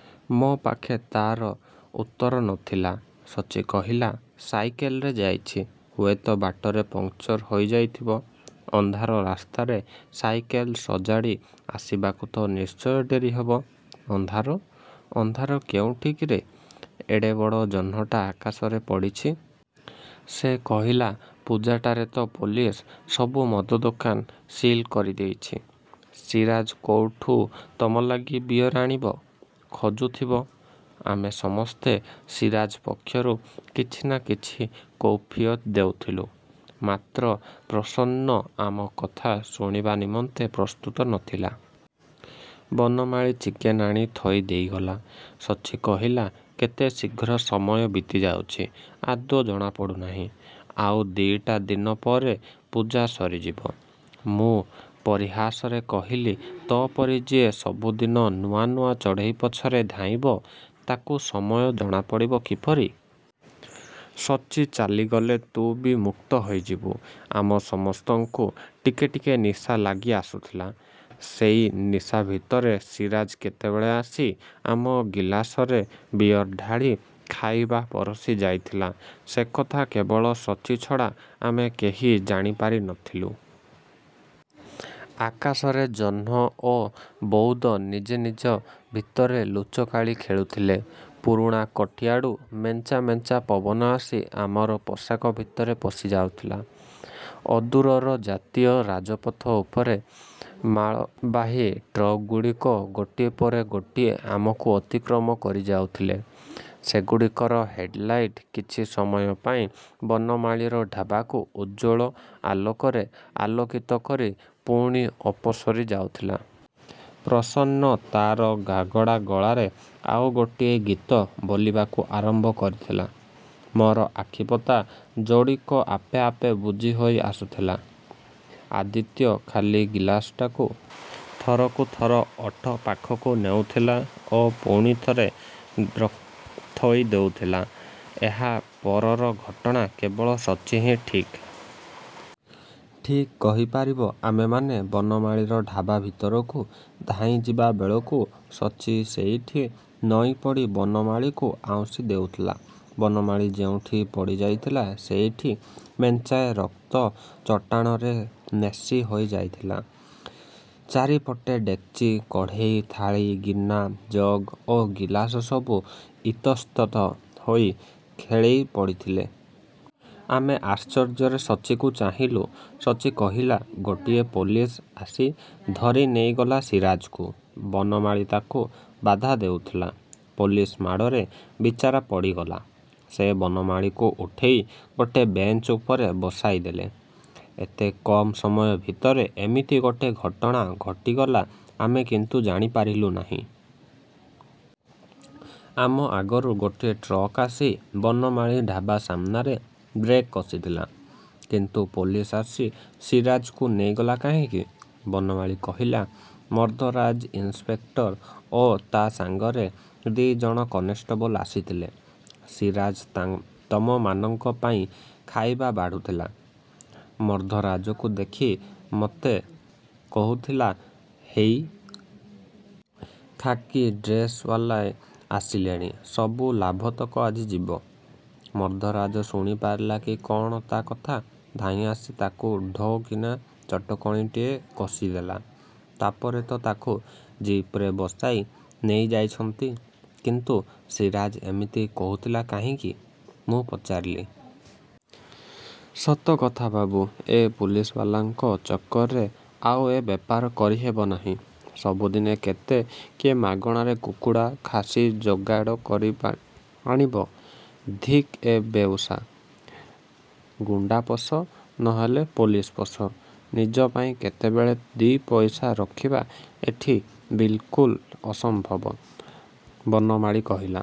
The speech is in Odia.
" ମୋ ପାଖେ ତାର ଉତ୍ତର ନଥିଲା। ସଚ୍ଚି କହିଲା, "ସାଇକେଲରେ ଯାଇଛି। ହୁଏତ ବାଟରେ ପଙ୍କ୍ଚର୍ ହୋଇଯାଇଥିବ। ଅନ୍ଧାର ରାସ୍ତାରେ ସାଇକେଲ୍ ସଜାଡ଼ି ଆସିବାକୁ ତ ନିଶ୍ଚୟ ଡେରି ହେବ। ": ଅନ୍ଧାର! ଅନ୍ଧାର କୋଉଠି କିରେ? ଏଡ଼େ ବଡ଼ ଜହ୍ନଟା ଆକାଶରେ ପଡ଼ିଛି। ସେ କହିଲା, 'ପୂଜାଟାରେ ତ ପୁଲିସ ସବୁ ମଦ ଦୋକାନ ସିଲ୍ କରିଦେଇଛି। ସିରାଜ କୋଉଠୁ ତମଲାଗି ବିଅର୍ ଆଣିବ? ଖୋଜୁଥିବ। ' ଆମେ ସମସ୍ତେ ସିରାଜ ପକ୍ଷରୁ କିଛି ନା କିଛି କୈଫିୟତ ଦେଉଥିଲୁ। ମାତ୍ର ପ୍ରସନ୍ନ ଆମ କଥା ଶୁଣିବା ନିମନ୍ତେ ପ୍ରସ୍ତୁତ ନଥିଲା। ବନମାଳୀ ଚିକେନ୍ ଆଣି ଥୋଇ ଦେଇଗଲା। ସଚ୍ଚି କହିଲା, "କେତେ ଶୀଘ୍ର ସମୟ ବିତିଯାଉଛି ଆଦୌ ଜଣା ପଡ଼ୁନାହିଁ। ଆଉ ଦିଇଟା ଦିନ ପରେ ପୂଜା ସରିଯିବ। " ମୁଁ ପରିହାସରେ କହିଲି, "ତୋ ପରି ଯିଏ ସବୁଦିନ ନୂଆ ନୂଆ ଚଢ଼େଇ ପଛରେ ଧାଇଁବ, ତାକୁ ସମୟ ଜଣାପଡ଼ିବ କିପରି? ସଚ୍ଚି ଚାଲିଗଲେ ତୁ ବି ମୁକ୍ତ ହୋଇଯିବୁ। " ଆମ ସମସ୍ତଙ୍କୁ ଟିକେ ଟିକେ ନିଶା ଲାଗି ଆସୁଥିଲା। ସେଇ ନିଶା ଭିତରେ ସିରାଜ କେତେବେଳେ ଆସି ଆମ ଗିଲାସରେ ବିଅର୍ ଢାଳି, ଖାଇବା ପରଶି ଯାଇଥିଲା ସେକଥା କେବଳ ସଚ୍ଚି ଛଡ଼ା ଆମେ କେହି ଜାଣିପାରି ନଥିଲୁ। ଆକାଶରେ ଜହ୍ନ ଓ ବଉଦ ନିଜ ନିଜ ଭିତରେ ଲୁଚକାଳି ଖେଳୁଥିଲେ। ପୁରୁଣା କୋଠି ଆଡୁ ମେଞ୍ଚା ମେଞ୍ଚା ପବନ ଆସି ଆମର ପୋଷାକ ଭିତରେ ପଶିଯାଉଥିଲା। ଅଦୂରର ଜାତୀୟ ରାଜପଥ ଉପରେ ମାଲବାହୀ ଟ୍ରକ୍ଗୁଡ଼ିକ ଗୋଟିଏ ପରେ ଗୋଟିଏ ଆମକୁ ଅତିକ୍ରମ କରିଯାଉଥିଲେ। ସେଗୁଡ଼ିକର ହେଡ୍ଲାଇଟ୍ କିଛି ସମୟ ପାଇଁ ବନମାଳୀର ଢାବାକୁ ଉଜ୍ଜ୍ୱଳ ଆଲୋକରେ ଆଲୋକିତ କରି ପୁଣି ଅପସରି ଯାଉଥିଲା। ପ୍ରସନ୍ନ ତାର ଘାଗଡ଼ା ଗଳାରେ ଆଉ ଗୋଟାଏ ଗୀତ ବୋଲିବାକୁ ଆରମ୍ଭ କରିଥିଲା। ମୋର ଆଖିପତା ଯୋଡ଼ିକ ଆପେ ଆପେ ବୁଜି ହୋଇ ଆସୁଥିଲା। ଆଦିତ୍ୟ ଖାଲି ଗିଲାସଟାକୁ ଥରକୁ ଥର ଓଠ ପାଖକୁ ନେଉଥିଲା ଓ ପୁଣି ଥୋଇ ଦେଉଥିଲା। ଏହା ପରର ଘଟଣା କେବଳ ସଚ୍ଚି ହିଁ ଠିକ୍। ଠିକ୍ କହିପାରିବ। ଆମେମାନେ ବନମାଳୀର ଢାବା ଭିତରକୁ ଧାଇଁଯିବା ବେଳକୁ ସଚ୍ଚି ସେଇଠି ନଇଁପଡ଼ି ବନମାଳୀକୁ ଆଉଁଶି ଦେଉଥିଲା। ବନମାଳୀ ଯୋଉଠି ପଡ଼ିଯାଇଥିଲା, ସେଇଠି ମେଞ୍ଚାଏ ରକ୍ତ ଚଟାଣରେ ନେସି ହୋଇ ଯାଇଥିଲା। ଚାରିପଟେ ଡେକ୍ଚି, କଡ଼େଇ, ଥାଳି, ଗିନା, ଜଗ୍ ଓ ଗିଲାସ ସବୁ ଇତସ୍ତତଃ ହୋଇ ଖେଳେଇ ପଡ଼ିଥିଲେ। ଆମେ ଆଶ୍ଚର୍ଯ୍ୟରେ ସଚ୍ଚିକୁ ଚାହିଁଲୁ। ସଚ୍ଚି କହିଲା, "ଗୋଟେ ପୁଲିସ ଆସି ଧରି ନେଇଗଲା ସିରାଜକୁ। ବନମାଳୀ ତାକୁ ବାଧା ଦେଉଥିଲା, ପୁଲିସ ମାଡ଼ରେ ବିଚରା ପଡ଼ିଗଲା। " ସେ ବନମାଳୀକୁ ଉଠେଇ ଗୋଟେ ବେଞ୍ଚ ଉପରେ ବସେଇ ଦେଲା। ଏତେ କମ୍ ସମୟ ଭିତରେ ଏମିତି ଗୋଟେ ଘଟଣା ଘଟିଗଲା, ଆମେ କିନ୍ତୁ ଜାଣିପାରିଲୁ ନାହିଁ। ଆମ ଆଗରୁ ଗୋଟିଏ ଟ୍ରକ୍ ଆସି ବନମାଳୀ ଢାବା ସାମ୍ନାରେ ବ୍ରେକ୍ କଷିଥିଲା। କିନ୍ତୁ ପୁଲିସ ଆସି ସିରାଜକୁ ନେଇଗଲା କାହିଁକି? ବନମାଳୀ କହିଲା, 'ମର୍ଦ୍ଦରାଜ ଇନିସ୍ପେକ୍ଟର ଓ ତା ସାଙ୍ଗରେ ଦି ଜଣ କନେଷ୍ଟବଳ ଆସିଥିଲେ। ସିରାଜ ତମମାନଙ୍କ ପାଇଁ ଖାଇବା ବାଢ଼ୁଥିଲା। ମର୍ଦ୍ଦରାଜକୁ ଦେଖି ମୋତେ କହୁଥିଲା, 'ହେଇ! ଖାକୀ ଡ୍ରେସ୍ବାଲାଏ ଆସିଲେଣି। ସବୁ ଲାଭତକ ଆଜି ଯିବ। ' ମର୍ଦ୍ଦରାଜ ଶୁଣିପାରିଲା କି କଣ ତା କଥା! ଧାଇଁଆସି ତାକୁ ଢୋ କିନା ଚଟକଣିଟାଏ କଷିଦେଲା। ତାପରେ ତ ତାକୁ ଜିପରେ ବସେଇ ନେଇଯାଇଛନ୍ତି...।: କିନ୍ତୁ ସିରାଜ ଏମିତି କହୁଥିଲା କାହିଁକି? ମୁଁ ପଚାରିଲି।: ସତ କଥା ବାବୁ, ଏ ପୁଲିସବାଲାଙ୍କ ଚକ୍କରରେ ଆଉ ଏ ବେପାର କରିହେବ ନାହିଁ। ସବୁଦିନେ କେତେ କିଏ ମାଗଣାରେ କୁକୁଡ଼ା, ଖାସୀ ଯୋଗାଡ଼ କରିଆଣିବ? ଧିକ୍ ଏ ବେଉସା! ଗୁଣ୍ଡା ପୋଷ, ନ ହେଲେ ପୁଲିସ ପୋଷ। ନିଜ ପାଇଁ କେତେବେଳେ ଦି' ପଇସା ରଖିବା ଏଠି ବିଲ୍କୁଲ ଅସମ୍ଭବ–ବନମାଳୀ କହିଲା।